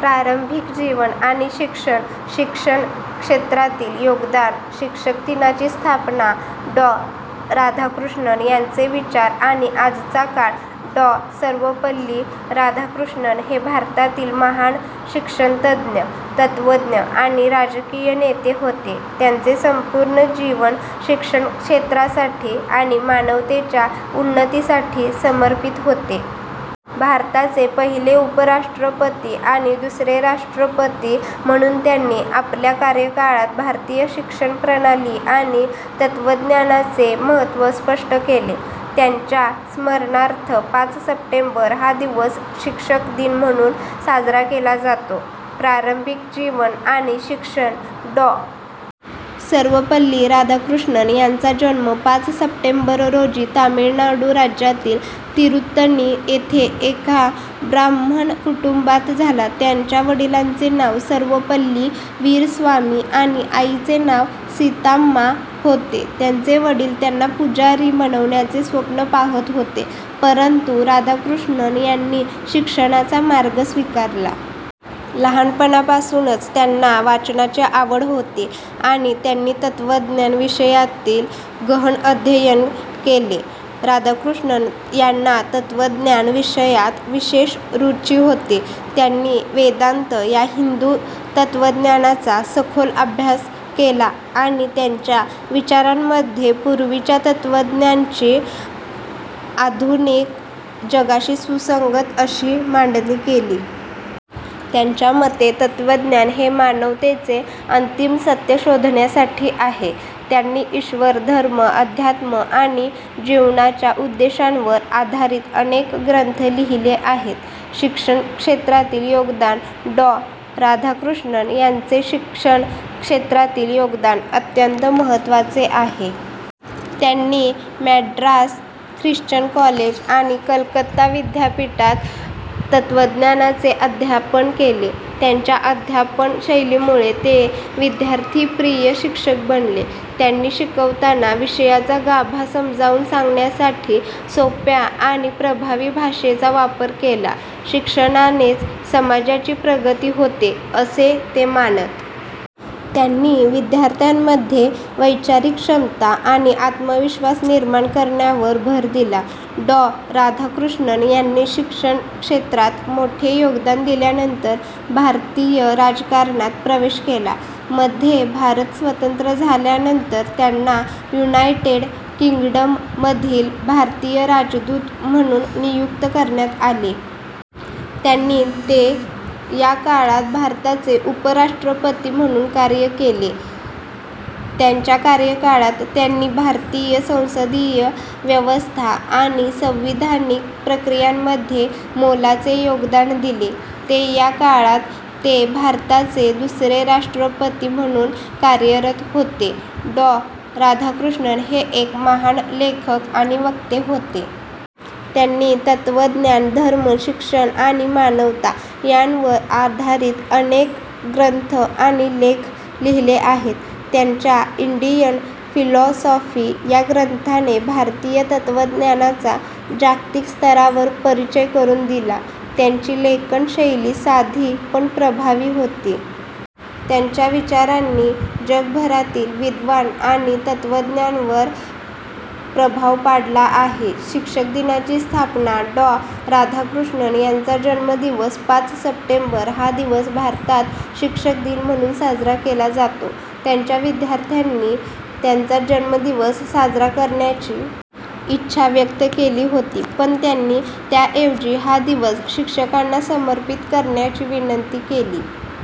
प्रारंभिक जीवन आणि शिक्षण, शिक्षण क्षेत्रातील योगदान, शिक्षक दिनाची स्थापना, डॉ. राधाकृष्णन यांचे विचार आणि आजचा काळ, डॉ. सर्वपल्ली राधाकृष्णन हे भारतातील महान शिक्षणतज्ज्ञ, तत्त्वज्ञ आणि राजकीय नेते होते. त्यांचे संपूर्ण जीवन शिक्षण क्षेत्रासाठी आणि मानवतेच्या उन्नतीसाठी समर्पित होते. भारताचे पहिले उपराष्ट्रपती आणि दुसरे राष्ट्रपती म्हणून त्यांनी आपल्या कार्यकाळात भारतीय शिक्षण प्रणाली आणि तत्त्वज्ञानाचे महत्त्व स्पष्ट केले. त्यांच्या स्मरणार्थ पाच सप्टेंबर हा दिवस शिक्षक दिन म्हणून साजरा केला जातो. प्रारंभिक जीवन आणि शिक्षण, डॉ. सर्वपल्ली राधाकृष्णन यांचा जन्म पाच सप्टेंबर रोजी तामिळनाडू राज्यातील तिरुत्तनी येथे एका ब्राह्मण कुटुंबात झाला. त्यांच्या वडिलांचे नाव सर्वपल्ली वीरस्वामी आणि आईचे नाव सीताम्मा होते. त्यांचे वडील त्यांना पुजारी बनवण्याचे स्वप्न पाहत होते, परंतु राधाकृष्णन यांनी शिक्षणाचा मार्ग स्वीकारला. लहानपणापासूनच त्यांना वाचनाची आवड होती आणि त्यांनी तत्त्वज्ञान विषयातील गहन अध्ययन केले. राधाकृष्णन यांना तत्त्वज्ञान विषयात विशेष रुची होती. त्यांनी वेदांत या हिंदू तत्त्वज्ञानाचा सखोल अभ्यास केला आणि त्यांच्या विचारांमध्ये पूर्वीच्या तत्त्वज्ञांची आधुनिक जगाशी सुसंगत अशी मांडणी केली. त्यांच्या मते, तत्त्वज्ञान हे मानवतेचे अंतिम सत्य शोधण्यासाठी आहे. त्यांनी ईश्वर, धर्म, अध्यात्म आणि जीवनाच्या उद्देशांवर आधारित अनेक ग्रंथ लिहिले आहेत. शिक्षण क्षेत्रातील योगदान, डॉ. राधाकृष्णन यांचे शिक्षण क्षेत्रातील योगदान अत्यंत महत्त्वाचे आहे. त्यांनी मॅड्रास ख्रिश्चन कॉलेज आणि कलकत्ता विद्यापीठात तत्त्वज्ञानाचे अध्यापन केले. त्यांच्या अध्यापन शैलीमुळे ते विद्यार्थीप्रिय शिक्षक बनले. त्यांनी शिकवताना विषयाचा गाभा समजावून सांगण्यासाठी सोप्या आणि प्रभावी भाषेचा वापर केला. शिक्षणानेच समाजाची प्रगती होते, असे ते मानत. त्यांनी विद्यार्थ्यांमध्ये वैचारिक क्षमता आणि आत्मविश्वास निर्माण करण्यावर भर दिला. डॉ. राधाकृष्णन यांनी शिक्षण क्षेत्रात मोठे योगदान दिल्यानंतर भारतीय राजकारणात प्रवेश केला. मध्ये भारत स्वतंत्र झाल्यानंतर त्यांना युनायटेड किंगडममधील भारतीय राजदूत म्हणून नियुक्त करण्यात आले. त्यांनी ते या काळात भारताचे उपराष्ट्रपती म्हणून कार्य केले. त्यांच्या कार्यकाळात त्यांनी भारतीय संसदीय व्यवस्था आणि संविधानिक प्रक्रियांमध्ये मोलाचे योगदान दिले. ते या काळात ते भारताचे दुसरे राष्ट्रपती म्हणून कार्यरत होते. डॉ. राधाकृष्णन हे एक महान लेखक आणि वक्ते होते. त्यांनी तत्त्वज्ञान, धर्म, शिक्षण आणि मानवता यांवर आधारित अनेक ग्रंथ आणि लेख लिहिले आहेत. त्यांच्या इंडियन फिलॉसॉफी या ग्रंथाने भारतीय तत्त्वज्ञानाचा जागतिक स्तरावर परिचय करून दिला. त्यांची लेखन शैली साधी, पण प्रभावी होती. त्यांच्या विचारांनी जगभरातील विद्वान आणि तत्त्वज्ञांवर प्रभाव पाडला आहे. शिक्षक दिनाची स्थापना, डॉ. राधाकृष्णन यांचा जन्मदिवस पाच सप्टेंबर हा दिवस भारतात शिक्षक दिन म्हणून साजरा केला जातो. त्यांच्या विद्यार्थ्यांनी त्यांचा जन्मदिवस साजरा करण्याची इच्छा व्यक्त केली होती, पण त्यांनी त्याऐवजी हा दिवस शिक्षकांना समर्पित करण्याची विनंती केली